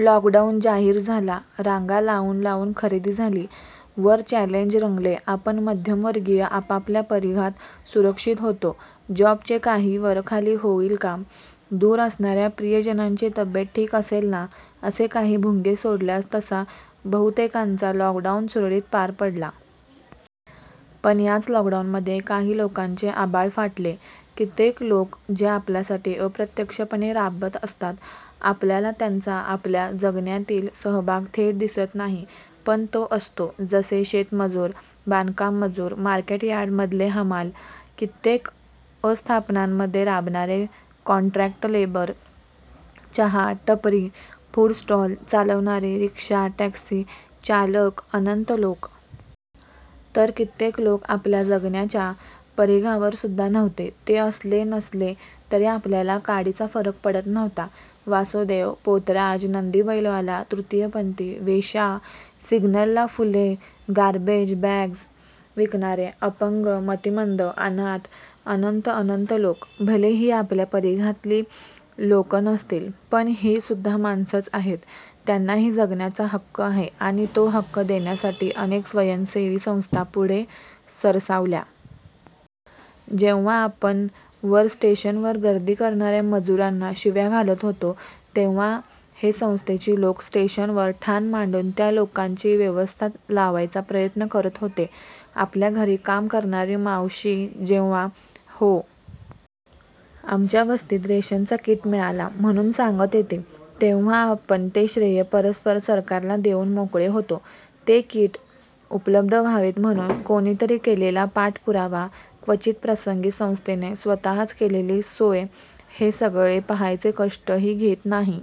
Lockdown जाहीर झाला, रांगा लावून लावून खरेदी झाली, वर चॅलेंज रंगले, आपण मध्यमवर्गीय आपापल्या परिघात सुरक्षित होतो, जॉब चे काही वरखाली होईल का?, दूर असणाऱ्या प्रियजनांची तब्येत ठीक असेल ना? असे काही भुंगे सोडल्यास तसा बहुतेकांचा लॉक डाऊन सुरळीत पार पडला. पण याच लॉक डाऊन मध्ये काही लोकांचे आभाळ फाटले, कित्येक लोक, जे आपल्यासाठी अप्रत्यक्ष पणे राबत असतात, आपल्याला त्यांचा आपल्या जगण्यातील सहभाग थेट दिसत नाही पण तो असतो, जसे शेतमजूर, बांधकाम मजूर, मार्केट यार्ड मधले हमाल, कित्येक अस्थापनांमध्ये राबणारे कॉन्ट्रॅक्ट लेबर, चहा, टपरी, फूड स्टॉल चालवणारे, रिक्षा, टॅक्सी चालक अनंत लोक. तर कित्येक लोक आपल्या जगण्याच्या परिघावर सुद्धा नव्हते. ते असले, नसले तरी आपल्याला काडीचा फरक पडत नव्हता, वासुदेव, पोतराज, नंदीबैलवाला, तृतीयपंथी, वेश्या, सिग्नल ला फुले, गारबेज बॅग्स विकणारे, अपंग, मतिमंद, अनाथ अनंत अनंत लोक, भले ही आपल्या परिघातली लोकं नसतील, पण ही सुद्धा माणसेच आहेत, त्यांना ही जगण्याचा हक्क आहे, आणि तो हक्क देण्यासाठी अनेक स्वयंसेवी संस्था पुढे सरसावल्या. जेव्हा आपण वर स्टेशन वर गर्दी करणाऱ्या मजुरांना शिव्या घालत होतो, तेव्हा हे संस्थेची लोक स्टेशन वर ठाण मांडून त्या लोकांची व्यवस्था लावायचा प्रयत्न करत होते. आपल्या घरी काम करणारी मावशी जेव्हा "हो, आमच्या वस्तीत रेशन चा किट मिळाला" म्हणून सांगत येते, तेव्हा आपण ते श्रेय परस्पर सरकार ला देऊन मोकळे होतो, ते किट उपलब्ध व्हावेत म्हणू कोणीतरी केलेला पाठपुरावा, क्वचित प्रसंगी संस्थेने स्वतः च केलेली सोय हे सगळे पहायचे कष्ट ही घेत नाही.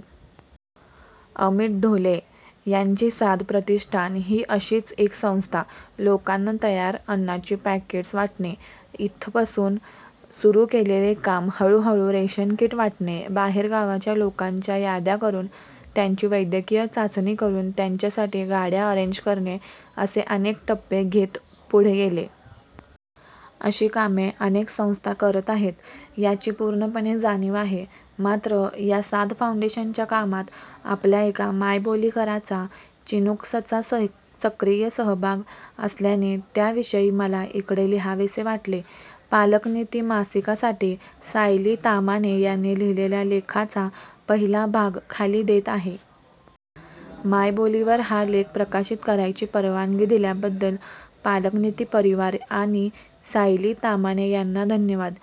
अमित ढोले यांची साद प्रतिष्ठान ही अशीच एक संस्था, लोकांना तयार अन्नाची पॅकेट्स वाटणे, इथपासून सुरू केलेले काम, हळू-हळू रेशन किट वाटणे, बाहेर गावच्या लोकांच्या याद्या करून, त्यांची वैद्यकीय चाचणी करून, त्यांच्या साठी गाड्या अरेंज करणे असे अनेक टप्पे घेत पुढे गेले. अशी कामे अनेक संस्था करत आहेत याची पूर्णपणे जाणीव आहे. मात्र या साद फाउंडेशन च्या कामात आपल्या एका मायबोलीकराचा, चिनुक्सचा सक्रिय सहभाग असल्याने त्या विषयी मला इकडे लिहावेसे वाटले. पालकनिती मासिका साठी सायली तामाणे यांनी लिहिलेल्या लेखाचा पहिला भाग खाली देत आहे. मायबोली वर हा लेख प्रकाशित करायची परवानगी दिल्या बद्दल पालकनिती परिवार आणि सायली तामाणे यांना धन्यवाद.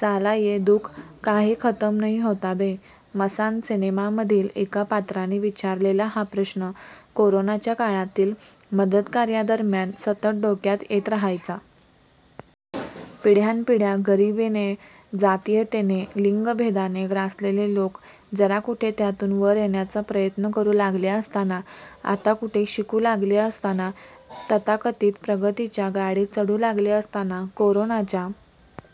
साला ये दुख काहे खतम नही होता बे? ' मसान सिनेमामधील एका पात्राने विचारलेला हा प्रश्न कोरोनाच्या काळातील मदतकार्यादरम्यान सतत डोक्यात येत राहायचा. पिढ्यानपिढ्या गरिबीने, जातीयतेने, लिंगभेदाने ग्रासलेले लोक जरा कुठे त्यातून वर येण्याचा प्रयत्न करू लागले असताना, आता कुठे शिकू लागले असताना, तथाकथित प्रगतीच्या गाडीत चढू लागले असताना कोरोनाच्या